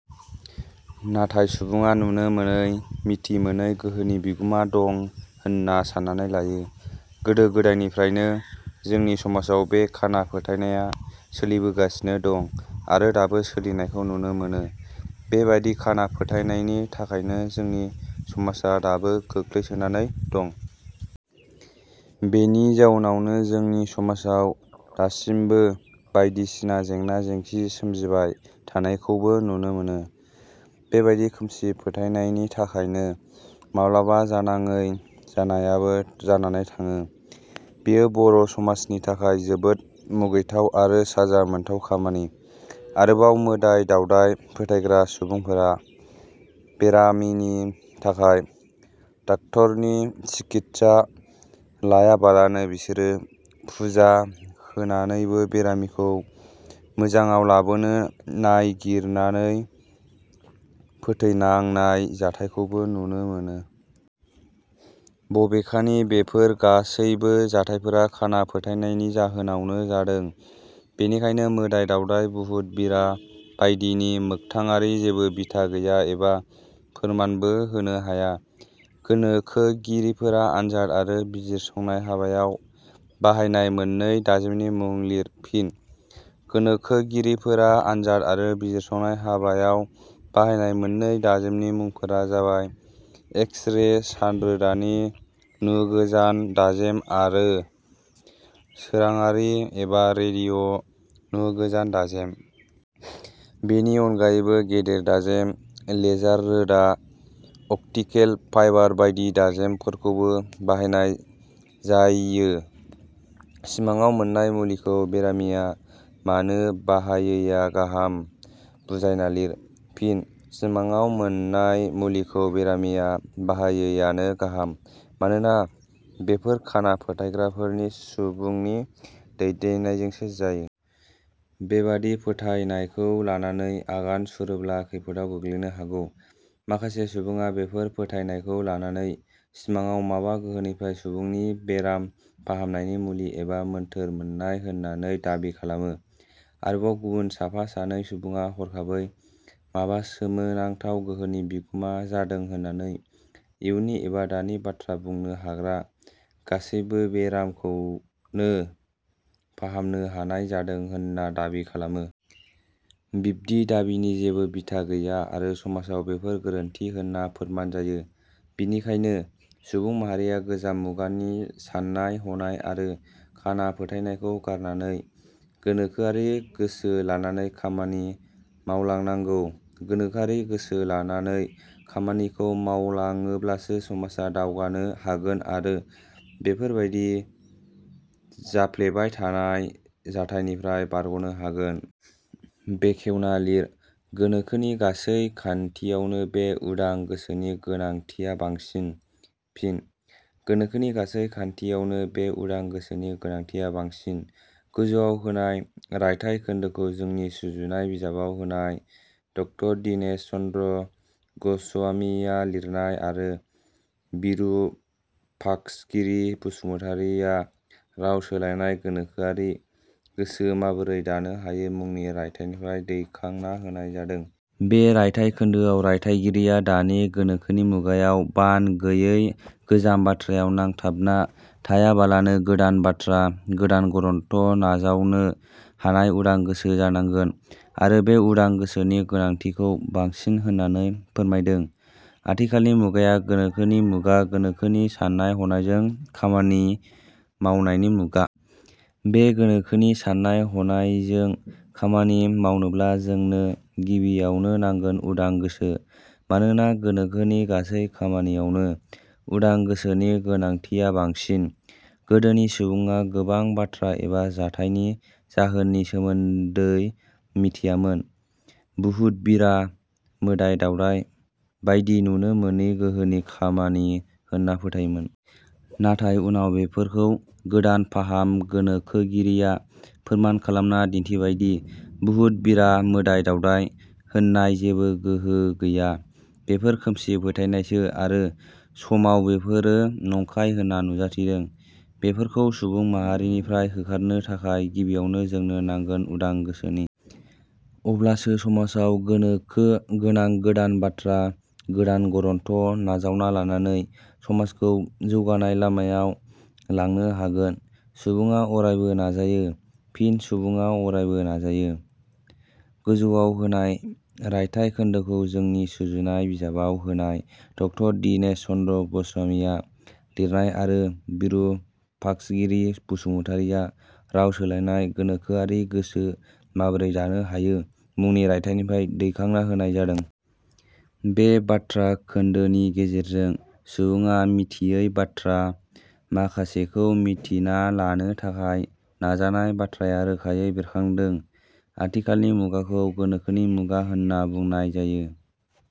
नाथाय सुबुडा नुनो मोनै, मिथिमोनै गोहोनि बिगुमा दं होनना साननानै लायो। गोदो गोदायनिफ्रायनो जोंनि समाजाव बे खाना फोथायनाया सोलिबोगासिनो दं आरो दाबो सोलिनायखौ नुनो मोनो। बेबादि खाना फोथायनायनि थाखायनो जोंनि समाजा दाबो गोग्लैसोनानै दं। बेनि जाउनावनो जोंनि समाजाव दासिमबो बायदिसिना जेंना जेंंसि सोमजिबाय थानायखौबो नुनो मोनो। बेबादि खोमसि फोथायनायनायनि थाखायनो माब्लाबा जानाङै जानायाबो जानानै थाङो। बेयो बर' समाजनि थाखाय जोबोर मुगैथाव आरो साजा मोनथाव खामानि। आरोबाव मोदाइ दावदाइ फोथायग्रा सुबुंफोरा बेरामिनि थाखाय डाक्टरनि सिकित्सा लायाबालानो बिसोरो फुजा होनानैनो बेरामिखौ मोजाडाव लाबोनो नायगिरनानै फोथैनांनाय जाथाइखौबो नुनो मोनो। बबेखानि बेफोर गासैबो जाथाइफोरा खाना फोथायनायनि जोहानावनो जादों। बेनिखायनो मोदाइ-दावदाय, बुहुत-बिरा बायदिनि मोखथाङारि जेबो बिथा गैया एबा फोरमानबो होनो हाया।. गोनोखोगिरिफोरा आनजाद आरो बिजिरसंनाय हाबायाव बाहायनाय मोननै दाजेमनि मुं लिर। फिन: गोनोखोगिरिफोरा आनजाद आरो बिजिरसंनाय हाबायाव बाहायनाय मोननै दाजेमनि मुंफोरा जाबाय- एक्सरे सानरोदानि नुगोजान दाजेम आरो सोराडारि एबा रेडिअ' नुगोजान दाजेम। बेनि अननगायैबो गेदेर दाजेम, लेजार रोदा, अप्टिकेल फाइबार बायदि दाजेमफोरखौबो बाहायनाय जाययो।. 'सिमाङाव मोननाय मुलिखौ' बेरामिया मानो बाहायैया गाहाम बुजायना लिर। फिन: सिमाडाव मोननाय मुलिखौ बेरामिया बाहायैयानो गाहाम। मानोना बेफोर खाना फोथायग्राफोरनि सुबुंनि दैदेननायजोंसो जायो। बेबादि फोथायनायखौ लानानै आगान सुरोब्ला खैफोदाव गोग्लैनो हागौ। माखासे सुबुङा बेफोर फोथायनायखौ लानानै सिमाङाव माबा गोहोनिफ्राय सुबुंनि बेराम फाहामनायनि मुलि एबा मोनथोर मोननाय होननानै दाबि खालामो। आरोबाव गुबुन साफा सानै सुबुङा हरखाबै माबा सोमोनांथाव गोहोनि बिगुमा जादों होननानै इयुननि एबा दानि बाथ्रा बुनो हाग्रा, गासैबो बेरामखौनो फाहामनो हानाय जादों होनना दाबि खालामो। बिब्दि दाबिनि जेबो बिथा गैया आरो समाव बेफोर गोरोन्थि होननानै फोरमान जायो। बिनिखायनो सुबुं माहारिया गोजाम मुगानि साननाय हनाय आरो खाना फोथायनायखौ गारनानै गोनोखोआरि गोसो लानानै खामानि मावलांनांगौ। गोनोखोआरि गोसो लानानै खामानिखौ मावलाङोब्लासो समाजा दावगानो हागोन आरो बेफोरबादि जाफ्लेबाय थानाय जाथायनिफ्राय बारग'नो हागोन।. बेखेवना लिर: गोनोखोनि गासै खान्थियावनो बे उदां गोसोनि गोनांथिया बांसिन। फिन: "गोनोखोनि गासै खान्थियावनो बे उदां गोसोनि गोनांथिया बांसिन। " गोजौवाव होनाय रायथाइ खोनदोखौ जोंनि सुजुनाय बिजाबाव होनाय ड दीनेश चन्द्र ग'स्वामीआ लिरनाय आरो बिरुपाक्षगिरि बसुमतारीआ राव सोलायनाय "गोनोखोआरि गोसो माबोरै दानो हायो" मुंनि रायथाइनिफ्राय दैखांना होनाय जादों। बे रायथाइ खोनदोआव रायथाइगिरिया दानि गोनोखोनि मुगायाव बान गैयै गोजाम बाथ्रायाव नांथाबना थायाबालानो गोदान बाथ्रा, गोदान गरन्थ' नाजावनो हानाय उदां गोसो जानांगोन आरो बे उदां गोसोनि गोनांथिखौ बांसिन होननानै फोरमायदों। आथिखालनि मुगाया गोनोखोनि मुगा, गोनोखोनि साननाय-हनायों खामानि मावनायनि मुगा। बे गोनोखोनि साननाय-हनायजों खामानि मावनोब्ला जोंनो गिबियावनो नांगोन उदां गोसो। मानोना गोनोखोनि गासै खामानियावनो उदां गोसोनि गोनांथिया बांसिन। गोदोनि सुबुडा गोबां बाथ्रा एबा जाथाइनि जाहोननि सोमोन्दै मिथियामोन। बुहुत-बिरा, मोदाइ-दावदाइ बायदि नुनो मोनै गोहोनि खामानि होनना फोथायोमोन। नाथाय उनाव बेफोरखौ गोदान फाहाम गोनोखोगिरिया फोरमान खालामना दिन्थिबायदि बहुत-बिरा, मोदाइ दावदाइ होननाय जेबो गोहो गैया। बेफोर खोमसि फोथायनायसो आरो समाव बेफोरो नंखाय होनना नुजाथिदों। बेफोरखौ सुबुं माहारिनिफ्राय होखारनो थाखाय गिबियावनो जोंनो नांगोन उदां गोसोनि। अब्लासो समाजाव गोनोखो गोनां गोदान बाथ्रा, गोदान गरन्थ' नाजावना लानानै समाजखौ जौगानाय लामायाव लांनो हागोन। सुबुङा आरायबो………….. नाजायो। फिन: "सुबुङा अरायबो…………… नाजायो। " गोजौवाव होनाय रायथाइ खोनदोखौ जोंनि सुजुनाय बिजाबाव होनाय ड दीनेश चन्द्र ग'स्वामीआ लिरनाय आरो बिरुपाक्षगिरि बसुमतारीआ राव सोलायनाय "गोनोखोआरि गोसो माबोरै दानो हायो" मुंनि रायथाइनिफ्राय दैखांना होनाय जादों। बे बाथ्रा खोन्दोनि गेजेरजों सुबुङा मिथियै बाथ्रा माखासेखौ मिथिना लानो थाखाय नाजानाय बाथ्राया रोखायै बेरखांदों। आथिखालनि मुगाखौ गोनोखोनि मुगा होनना बुनाय जायो।